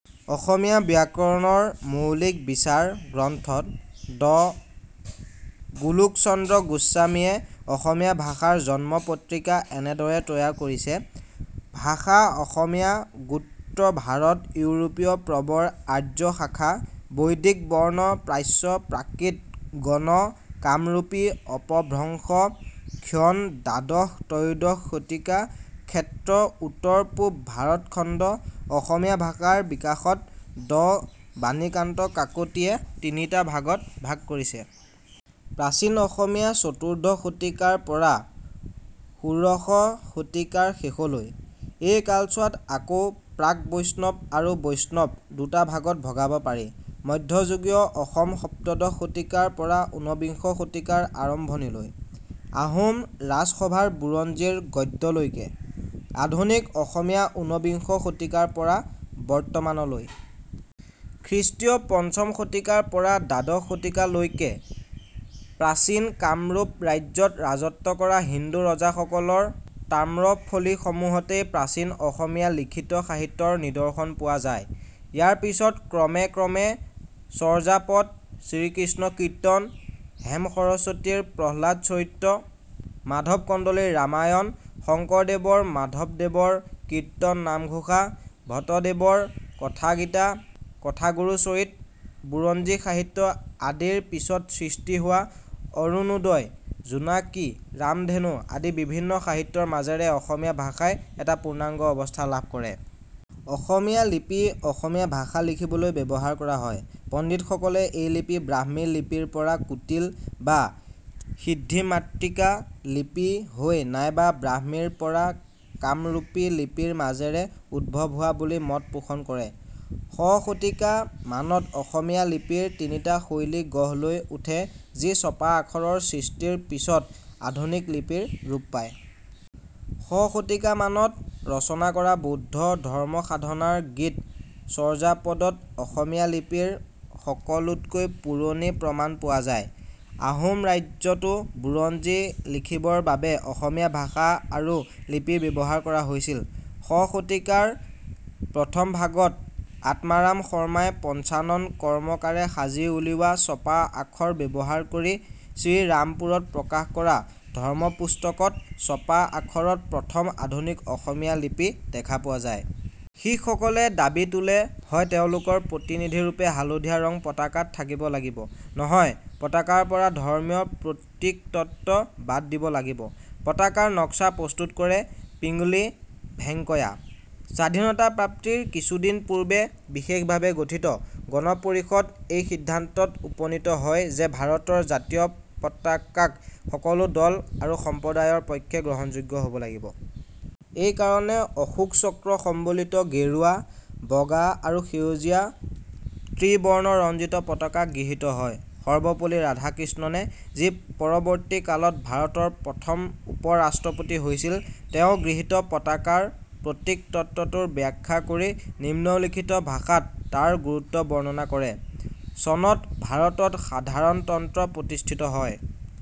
অসমীয়া ব্যাকৰণৰ মৌলিক বিচাৰ গ্ৰন্থত ড গোলোকচন্দ্ৰ গোস্বামী য়ে অসমীয়া ভাষাৰ জন্ম-পত্ৰিকা এনেদৰে তৈয়াৰ কৰিছে- ভাষা অসমীয়া গোত্ৰ ভাৰত-ইউৰোপীয় প্ৰৱৰ আৰ্য শাখা বৈদিক বৰ্ণ প্ৰাচ্য প্ৰাকৃত গণ কামৰূপী অপভ্ৰংশ ক্ষণ দ্বাদশ-ত্ৰয়োদশ শতিকা ক্ষেত্ৰ উত্তৰ-পূব ভাৰত খণ্ড অসমীয়া ভাষাৰ বিকাশক ড বাণীকান্ত কাকতি য়ে তিনিটা ভাগত ভাগ কৰিছে। প্ৰাচীন অসমীয়া চতুৰ্দশ শতিকাৰ পৰা ষোড়শ শতিকাৰ শেষলৈ। এই কালছোৱাক আকৌ প্ৰাক-বৈষ্ণৱ আৰু বৈষ্ণৱ দুটা ভাগত ভগাব পাৰি। মধ্যযুগীয় অসম সপ্তদশ শতিকাৰ পৰা ঊনবিংশ শতিকাৰ আৰম্ভণিলৈ। আহোম ৰাজসভাৰ বুৰঞ্জী ৰ গদ্যলৈকে। আধুনিক অসমীয়া ঊনবিংশ শতিকাৰ পৰা বৰ্তমানলৈ। খৃষ্টীয় পঞ্চম শতিকাৰ পৰা দ্বাদশ শতিকালৈকে প্ৰাচীন কামৰূপ ৰাজ্য ত ৰাজত্ব কৰা হিন্দু ৰজাসকলৰ তাম্ৰফলিসমূহতেই প্ৰাচীন অসমীয়া লিখিত সাহিত্যৰ নিদৰ্শন পোৱা যায়। ইয়াৰ পিছত ক্ৰমে ক্ৰমে চৰ্যাপদ, শ্ৰীকৃষ্ণ কীৰ্তন, হেম সৰস্বতী ৰ 'প্ৰহ্লাদ চৰিত', মাধৱ কন্দলী ৰ 'ৰামায়ণ', শংকৰদেৱ মাধৱদেৱ ৰ 'কীৰ্তন-নামঘোষা', ভট্টদেৱ ৰ 'কথা-গীতা', কথাগুৰুচৰিত, বুৰঞ্জীসাহিত্য আদিৰ পিছত সৃষ্টি হোৱা অৰুণোদই, জোনাকী, ৰামধেনু আদি বিভিন্ন সাহিত্যৰ মাজেৰে অসমীয়া ভাষাই এটা পূৰ্ণাঙ্গ অৱস্থা লাভ কৰে। অসমীয়া লিপি অসমীয়া ভাষা লিখিবলৈ ব্যৱহাৰ কৰা হয়। পণ্ডিতসকলে এই লিপি ব্ৰাহ্মী লিপিৰপৰা কুটিল বা সিদ্ধিমাতৃকা লিপি হৈ নাইবা ব্ৰাহ্মীৰ পৰা কামৰূপী লিপিৰ মাজেৰে উদ্ভৱ হোৱা বুলি মত পোষণ কৰে। শ শতিকা মানত অসমীয়া লিপিৰ তিনিটা শৈলী গঢ় লৈ উঠে যি ছপা আখৰৰ সৃষ্টিৰ পিছত আধুনিক লিপিৰ ৰূপ পায়। - শ শতিকামানত ৰচনা কৰা বৌদ্ধ ধৰ্মসাধনাৰ গীত চৰ্যাপদ ত অসমীয়া লিপিৰ সকলোতকৈ পুৰণি প্ৰমাণ পোৱা যায়। আহোম ৰাজ্য তো বুৰঞ্জী লিখিবৰ বাবে অসমীয়া ভাষা আৰু লিপিৰ ব্যৱহাৰ কৰা হৈছিল। শ শতিকাৰ প্ৰথম ভাগত আত্মাৰাম শৰ্মা ই পঞ্চানন কৰ্মকাৰে সাজি উলিওৱা ছপা আখৰ ব্যৱহাৰ কৰি শ্ৰীৰামপুৰত প্ৰকাশ কৰা ' ধৰ্মপুস্তক ' ত ছপা আখৰত প্ৰথম আধুনিক অসমীয়া লিপি দেখা পোৱা যায়। শিখসকলে দাবী তোলে, হয় তেওঁলোকৰ প্ৰতিনিধিৰূপে হালধীয়া ৰং পতাকাত থাকিব লাগিব, নহয় পতাকাৰ পৰা ধৰ্মীয় প্ৰতীকতত্ত্ব বাদ দিব লাগিব।। পতাকাৰ নক্সা প্ৰস্তুত কৰে পিঙ্গলি ভেংকয়া। স্বাধীনতাপ্ৰাপ্তিৰ কিছুদিন পূৰ্বে বিশেষভাবে গঠিত গণপৰিষদ এই সিদ্ধান্তত উপনীত হয় যে ভাৰতৰ জাতীয় পতাকাক সকলো দল আৰু সম্প্ৰদায়ৰ পক্ষে গ্ৰহণযোগ্য হব লাগিব। এই কাৰণে, অশোক চক্ৰ সম্বলিত গেৰুৱা, বগা আৰু সেউজীয়া ত্ৰিবৰ্ণৰঞ্জিত পতাকা গৃহীত হয়। সৰ্বপল্লী ৰাধাকৃষ্ণনে, যি পৰৱৰ্তীকালত ভাৰতৰ প্ৰথম উপৰাষ্ট্ৰপতি হৈছিল, তেওঁ গৃহীত পতাকাৰ প্ৰতীকতত্ত্বটোৰ ব্যাখ্যা কৰি নিম্নলিখিত ভাষাত তাৰ গুৰুত্ব বৰ্ণনা কৰে: চনত ভাৰতত সাধাৰণতন্ত্ৰ প্ৰতিষ্ঠিত হয়।